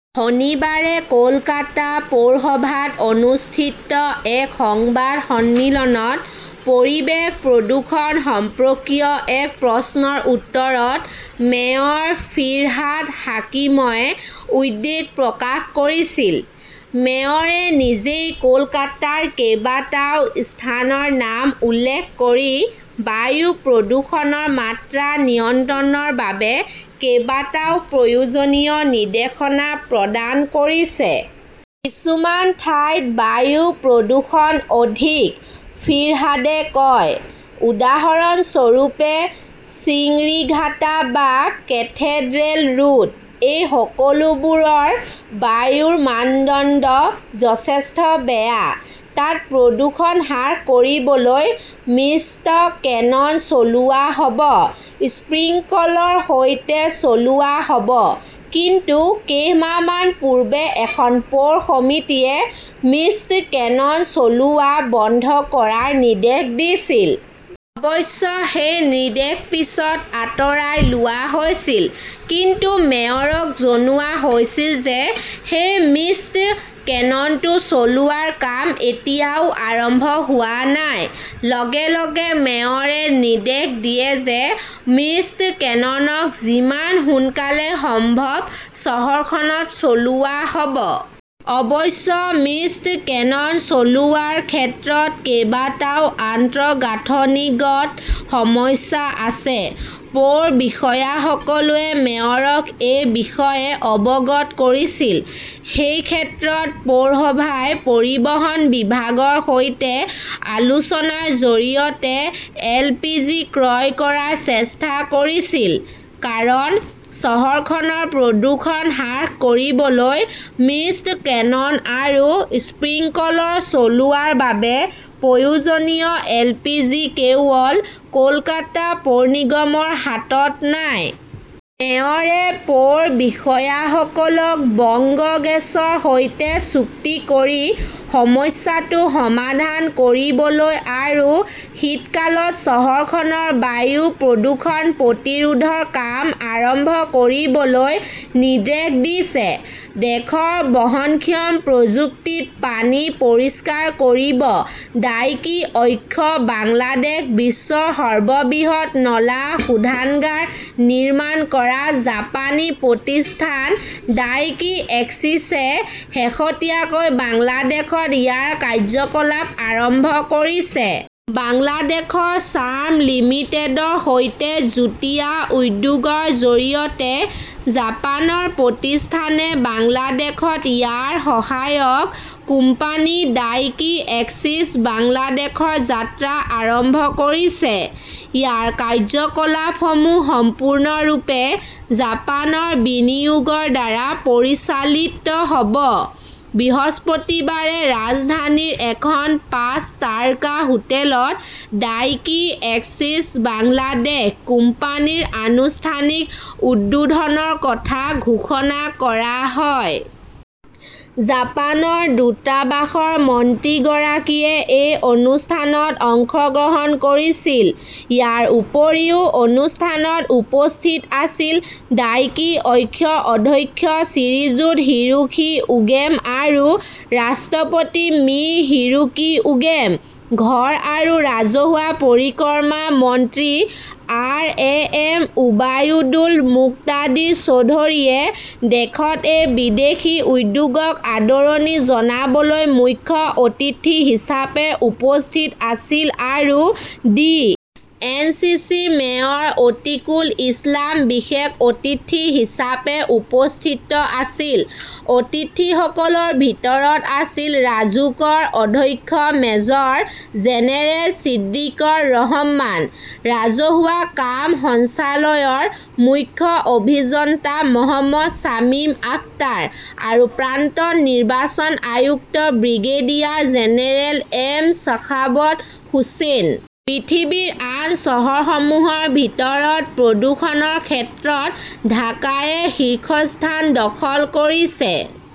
শনিবাৰে কলকাতা পৌৰসভাত অনুষ্ঠিত এক সংবাদ সন্মিলনত পৰিৱেশ প্ৰদূষণ সম্পৰ্কীয় এক প্ৰশ্নৰ উত্তৰত মেয়ৰ ফিৰহাদ হাকিমই উদ্বেগ প্ৰকাশ কৰিছিল। মেয়ৰে নিজেই কলকাতাৰ কেইবাটাও স্থানৰ নাম উল্লেখ কৰি বায়ু প্ৰদূষণৰ মাত্ৰা নিয়ন্ত্ৰণৰ বাবে কেইবাটাও প্ৰয়োজনীয় নিৰ্দেশনা প্ৰদান কৰিছে। 'কিছুমান ঠাইত বায়ু প্ৰদূষণ অধিক', ফিৰহাদে কয়। উদাহৰণস্বৰূপে, চিংৰিঘাটা বা কেথেড্ৰেল ৰোড। এই সকলোবোৰৰ বায়ুৰ মানদণ্ড যথেষ্ট বেয়া। তাত প্ৰদূষণ হ্ৰাস কৰিবলৈ মিষ্ট কেনন চলোৱা হ'ব। স্প্ৰিংকলৰৰ সৈতে চলোৱা হ'ব। কিন্তু কেইমাহমান পূৰ্বে এখন পৌৰ সমিতিয়ে মিষ্ট কেনন চলোৱা বন্ধ কৰাৰ নিৰ্দেশ দিছিল। অৱশ্যে, সেই নিৰ্দেশ পিছত আঁতৰাই লোৱা হৈছিল। কিন্তু মেয়ৰক জনোৱা হৈছিল যে সেই মিষ্ট কেননটো চলোৱাৰ কাম এতিয়াও আৰম্ভ হোৱা নাই। লগে লগে মেয়ৰে নিৰ্দেশ দিয়ে যে মিষ্ট কেননক যিমান সোনকালে সম্ভৱ চহৰখনত চলোৱা হ'ব। অৱশ্যে মিষ্ট কেনন চলোৱাৰ ক্ষেত্ৰত কেইবাটাও আন্তঃগাঁথনিগত সমস্যা আছে। পৌৰ বিষয়াসকলে মেয়ৰক এই বিষয়ে অৱগত কৰিছিল। সেই ক্ষেত্ৰত পৌৰসভাই পৰিবহণ বিভাগৰ সৈতে আলোচনাৰ জৰিয়তে এলপিজি ক্ৰয় কৰাৰ চেষ্টা কৰিছিল। কাৰণ চহৰখনৰ প্ৰদূষণ হ্ৰাস কৰিবলৈ মিষ্ট কেনন আৰু স্প্ৰিংকলৰ চলোৱাৰ বাবে প্ৰয়োজনীয় এলপিজি কেৱল কলকাতা পৌৰ নিগমৰ হাতত নাই। মেয়ৰে পৌৰ বিষয়াসকলক বংগ গেছৰ সৈতে চুক্তি কৰি সমস্যাটো সমাধান কৰিবলৈ আৰু শীতকালত চহৰখনৰ বায়ু প্ৰদূষণ প্ৰতিৰোধৰ কাম আৰম্ভ কৰিবলৈ নিৰ্দেশ দিছে। দেশৰ বহনক্ষম প্ৰযুক্তিত পানী পৰিষ্কাৰ কৰিব ডাইকি অক্ষ বাংলাদেশ বিশ্বৰ সৰ্ববৃহৎ নলা শোধনাগাৰ নিৰ্মাণ কৰা জাপানী প্ৰতিষ্ঠান ডাইকি এক্সিছে শেহতীয়াকৈ বাংলাদেশত ইয়াৰ কাৰ্য্যকলাপ আৰম্ভ কৰিছে। বাংলাদেশৰ চাৰ্ম লিমিটেডৰ সৈতে যুটীয়া উদ্যোগৰ জৰিয়তে জাপানৰ প্ৰতিষ্ঠানে বাংলাদেশত ইয়াৰ সহায়ক কোম্পানী 'ডাইকি এক্সিছ বাংলাদেশ' ৰ যাত্ৰা আৰম্ভ কৰিছে। ইয়াৰ কাৰ্য্যকলাপসমূহ সম্পূৰ্ণৰূপে জাপানৰ বিনিয়োগৰ দ্বাৰা পৰিচালিত হ'ব। বৃহস্পতিবাৰে ৰাজধানীৰ এখন পাঁচ তাৰকা হোটেলত 'ডাইকি এক্সিছ বাংলাদেশ' কোম্পানীৰ আনুষ্ঠানিক উদ্বোধনৰ কথা ঘোষণা কৰা হয়। জাপানৰ দূতাবাসৰ মন্ত্ৰীগৰাকীয়ে এই অনুষ্ঠানত অংশগ্ৰহণ কৰিছিল। ইয়াৰ উপৰিও অনুষ্ঠানত উপস্থিত আছিল ডাইকি অক্ষৰ অধ্যক্ষ শ্ৰীযুত হিৰোশী ওগেম আৰু ৰাষ্ট্ৰপতি মি. হিৰোকি ওগেম। ঘৰ আৰু ৰাজহুৱা পৰিক্ৰমা মন্ত্ৰী R. A. M. Obaidul Muktadir চৌধুৰীয়ে দেশত এই বিদেশী উদ্যোগক আদৰণি জনাবলৈ মুখ্য অতিথি হিচাপে উপস্থিত আছিল আৰু ডি. এন. চি. চি. -ৰ মেয়ৰ অতীকুল ইছলাম বিশেষ অতিথি হিচাপে উপস্থিত আছিল। অতিথিসকলৰ ভিতৰত আছিল ৰাজুকৰ অধ্যক্ষ মেজৰ জেনেৰেল ছিদ্দিকৰ ৰহমান, ৰাজহুৱা কাম সঞ্চালকালয়ৰ মুখ্য অভিযন্তা মহম্মদ শ্বামীম আখতাৰ, আৰু প্ৰাক্তন নিৰ্বাচন আয়ুক্ত brigadier general M Sakhawat Hossain. পৃথিৱীৰ আন চহৰসমূহৰ ভিতৰত প্ৰদূষণৰ ক্ষেত্ৰত ঢাকাই শীৰ্ষস্থান দখল কৰিছে।